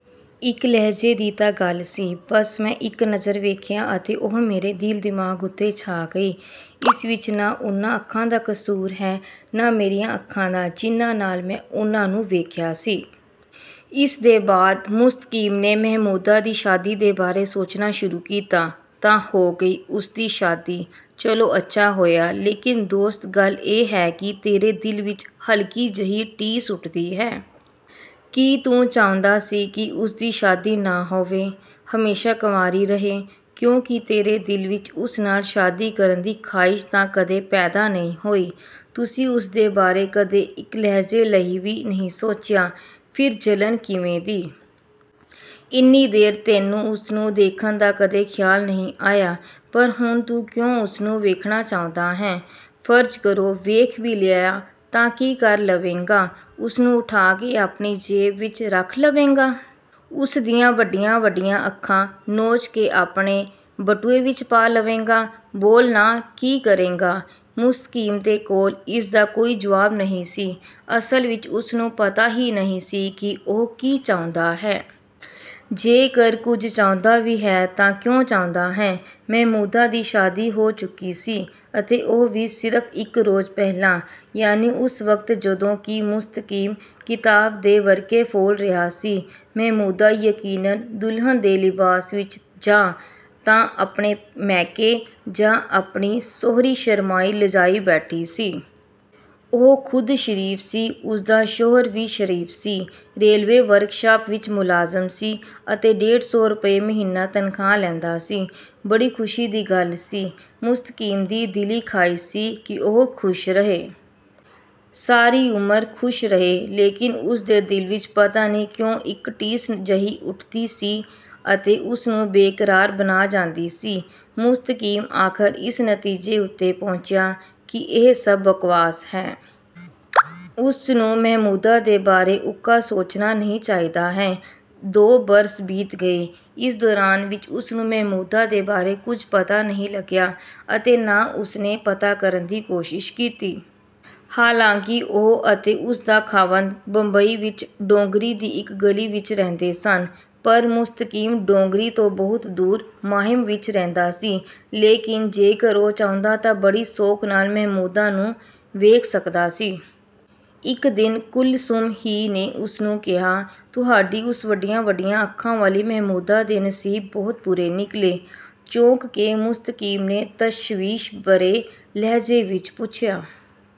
ਇੱਕ ਲਹਿਜੇ ਦੀ ਤਾਂ ਗੱਲ ਸੀ। ਬਸ ਮੈਂ ਇੱਕ ਨਜ਼ਰ ਵੇਖਿਆ ਅਤੇ ਉਹ ਮੇਰੇ ਦਿਲ ਦਿਮਾਗ਼ ਉੱਤੇ ਛਾ ਗਈ। ਇਸ ਵਿੱਚ ਨਾ ਉਨ੍ਹਾਂ ਅੱਖਾਂ ਦਾ ਕੁਸੂਰ ਹੈ, ਨਾ ਮੇਰੀਆਂ ਅੱਖਾਂ ਦਾ ਜਿਨ੍ਹਾਂ ਨਾਲ ਮੈਂ ਉਨ੍ਹਾਂ ਨੂੰ ਵੇਖਿਆ ਸੀ। " ਇਸ ਦੇ ਬਾਅਦ ਮੁਸਤਕੀਮ ਨੇ ਮਹਿਮੂਦਾ ਦੀ ਸ਼ਾਦੀ ਦੇ ਬਾਰੇ ਸੋਚਣਾ ਸ਼ੁਰੂ ਕੀਤਾ। "ਤਾਂ ਹੋ ਗਈ ਉਸ ਦੀ ਸ਼ਾਦੀ, ਚਲੋ ਅੱਛਾ ਹੋਇਆ, ਲੇਕਿਨ ਦੋਸਤ ਗੱਲ ਇਹ ਹੈ ਕਿ ਤੇਰੇ ਦਿਲ ਵਿੱਚ ਹਲਕੀ ਜਿਹੀ ਟੀਸ ਉੱਠਦੀ ਹੈ। ਕੀ ਤੂੰ ਚਾਹੁੰਦਾ ਸੀ ਕਿ ਉਸ ਦੀ ਸ਼ਾਦੀ ਨਾ ਹੋਵੇ? ਹਮੇਸ਼ਾ ਕੰਵਾਰੀ ਰਹੇ, ਕਿਉਂਕਿ ਤੇਰੇ ਦਿਲ ਵਿੱਚ ਉਸ ਨਾਲ ਸ਼ਾਦੀ ਕਰਨ ਦੀ ਖ਼ਾਹਿਸ਼ ਤਾਂ ਕਦੇ ਪੈਦਾ ਨਹੀਂ ਹੋਈ, ਤੁਸੀਂ ਉਸ ਦੇ ਬਾਰੇ ਕਦੇ ਇੱਕ ਲਹਿਜ਼ੇ ਲਈ ਵੀ ਨਹੀਂ ਸੋਚਿਆ, ਫਿਰ ਜਲਨ ਕਿਵੇਂ ਦੀ? ਇੰਨੀ ਦੇਰ ਤੈਨੂੰ ਉਸਨੂੰ ਦੇਖਣ ਦਾ ਕਦੇ ਖ਼ਿਆਲ ਨਹੀਂ ਆਇਆ, ਪਰ ਹੁਣ ਤੂੰ ਕਿਉਂ ਉਸਨੂੰ ਵੇਖਣਾ ਚਾਹੁੰਦਾ ਹੈਂ? ਫ਼ਰਜ਼ ਕਰੋ ਵੇਖ ਵੀ ਲਿਆ ਤਾਂ ਕੀ ਕਰ ਲਵੇਂਗਾ, ਉਸਨੂੰ ਉਠਾ ਕੇ ਆਪਣੀ ਜੇਬ ਵਿੱਚ ਰੱਖ ਲਵੇਂਗਾ.? ਉਸ ਦੀਆਂ ਵੱਡੀਆਂ-ਵੱਡੀਆਂ ਅੱਖਾਂ ਨੋਚ ਕੇ ਆਪਣੇ ਬਟੂਏ ਵਿੱਚ ਪਾ ਲਵੇਂਗਾ? ਬੋਲ ਨਾ, ਕੀ ਕਰੇਂਗਾ?" ਮੁਸਤਕੀਮ ਦੇ ਕੋਲ ਇਸ ਦਾ ਕੋਈ ਜਵਾਬ ਨਹੀਂ ਸੀ। ਅਸਲ ਵਿੱਚ ਉਸਨੂੰ ਪਤਾ ਹੀ ਨਹੀਂ ਸੀ ਕਿ ਉਹ ਕੀ ਚਾਹੁੰਦਾ ਹੈ। ਜੇਕਰ ਕੁੱਝ ਚਾਹੁੰਦਾ ਵੀ ਹੈ ਤਾਂ ਕਿਉਂ ਚਾਹੁੰਦਾ ਹੈ? ਮਹਿਮੂਦਾ ਦੀ ਸ਼ਾਦੀ ਹੋ ਚੁੱਕੀ ਸੀ, ਅਤੇ ਉਹ ਵੀ ਸਿਰਫ ਇੱਕ ਰੋਜ਼ ਪਹਿਲਾਂ। ਯਾਨੀ ਉਸ ਵਕਤ ਜਦੋਂ ਕਿ ਮੁਸਤਕੀਮ ਕਿਤਾਬ ਦੇ ਵਰਕੇ ਫ਼ੋਲ ਰਿਹਾ ਸੀ, ਮਹਿਮੂਦਾ ਯਕੀਨਨ ਦੁਲਹਨ ਦੇ ਲਿਬਾਸ ਵਿੱਚ ਜਾਂ ਤਾਂ ਆਪਣੇ ਮੈਕੇ ਜਾਂ ਆਪਣੀ ਸਹੁਰੀਂ ਸ਼ਰਮਾਈ ਲੱਜਾਈ ਬੈਠੀ ਸੀ। ਉਹ ਖ਼ੁਦ ਸ਼ਰੀਫ ਸੀ, ਉਸ ਦਾ ਸ਼ੌਹਰ ਵੀ ਸ਼ਰੀਫ ਸੀ, ਰੇਲਵੇ ਵਰਕਸ਼ਾਪ ਵਿੱਚ ਮੁਲਾਜ਼ਮ ਸੀ ਅਤੇ ਡੇਢ ਸੌ ਰੁਪਏ ਮਹੀਨਾ ਤਨਖ਼ਾਹ ਲੈਂਦਾ ਸੀ। ਬੜੀ ਖੁਸ਼ੀ ਦੀ ਗੱਲ ਸੀ। ਮੁਸਤਕੀਮ ਦੀ ਦਿਲੀ ਖ਼ਾਹਿਸ਼ ਸੀ ਕਿ ਉਹ ਖ਼ੁਸ਼ ਰਹੇ। ਸਾਰੀ ਉਮਰ ਖ਼ੁਸ਼ ਰਹੇ। ਲੇਕਿਨ ਉਸ ਦੇ ਦਿਲ ਵਿੱਚ ਪਤਾ ਨਹੀਂ ਕਿਉਂ ਇੱਕ ਟੀਸ ਜਹੀ ਉੱਠਦੀ ਸੀ ਅਤੇ ਉਸਨੂੰ ਬੇਕਰਾਰ ਬਣਾ ਜਾਂਦੀ ਸੀ। ਮੁਸਤਕੀਮ ਆਖਰ ਇਸ ਨਤੀਜੇ ਉੱਤੇ ਪਹੁੰਚਿਆ ਕਿ ਇਹ ਸਭ ਬਕਵਾਸ ਹੈ। ਉਸਨੂੰ ਮਹਿਮੂਦਾ ਦੇ ਬਾਰੇ ਉੱਕਾ ਸੋਚਣਾ ਨਹੀਂ ਚਾਹੀਦਾ ਹੈ। ਦੋ ਬਰਸ ਬੀਤ ਗਏ। ਇਸ ਦੌਰਾਨ ਵਿੱਚ ਉਸਨੂੰ ਮਹਿਮੂਦਾ ਦੇ ਬਾਰੇ ਕੁੱਝ ਪਤਾ ਨਹੀਂ ਲੱਗਿਆ ਅਤੇ ਨਾ ਉਸ ਨੇ ਪਤਾ ਕਰਨ ਦੀ ਕੋਸ਼ਿਸ਼ ਕੀਤੀ। ਹਾਲਾਂ ਕਿ ਉਹ ਅਤੇ ਉਸ ਦਾ ਖ਼ਾਵੰਦ ਬੰਬਈ ਵਿੱਚ ਡੋਂਗਰੀ ਦੀ ਇੱਕ ਗਲੀ ਵਿੱਚ ਰਹਿੰਦੇ ਸਨ। ਪਰ ਮੁਸਤਕੀਮ ਡੋਂਗਰੀ ਤੋਂ ਬਹੁਤ ਦੂਰ ਮਾਹਿਮ ਵਿੱਚ ਰਹਿੰਦਾ ਸੀ, ਲੇਕਿਨ ਜੇਕਰ ਉਹ ਚਾਹੁੰਦਾ ਤਾਂ ਬੜੀ ਸੌਖ ਨਾਲ ਮਹਿਮੂਦਾ ਨੂੰ ਵੇਖ ਸਕਦਾ ਸੀ। ਇੱਕ ਦਿਨ ਕੁਲਸੁਮ ਹੀ ਨੇ ਉਸ ਨੂੰ ਕਿਹਾ। "ਤੁਹਾਡੀ ਉਸ ਵੱਡੀਆਂ-ਵੱਡੀਆਂ ਅੱਖਾਂ ਵਾਲੀ ਮਹਿਮੂਦਾ ਦੇ ਨਸੀਬ ਬਹੁਤ ਬੁਰੇ ਨਿਕਲੇ! " ਚੌਂਕ ਕੇ ਮੁਸਤਕੀਮ ਨੇ ਤਸ਼ਵੀਸ਼ ਭਰੇ ਲਹਿਜੇ ਵਿੱਚ ਪੁੱਛਿਆ।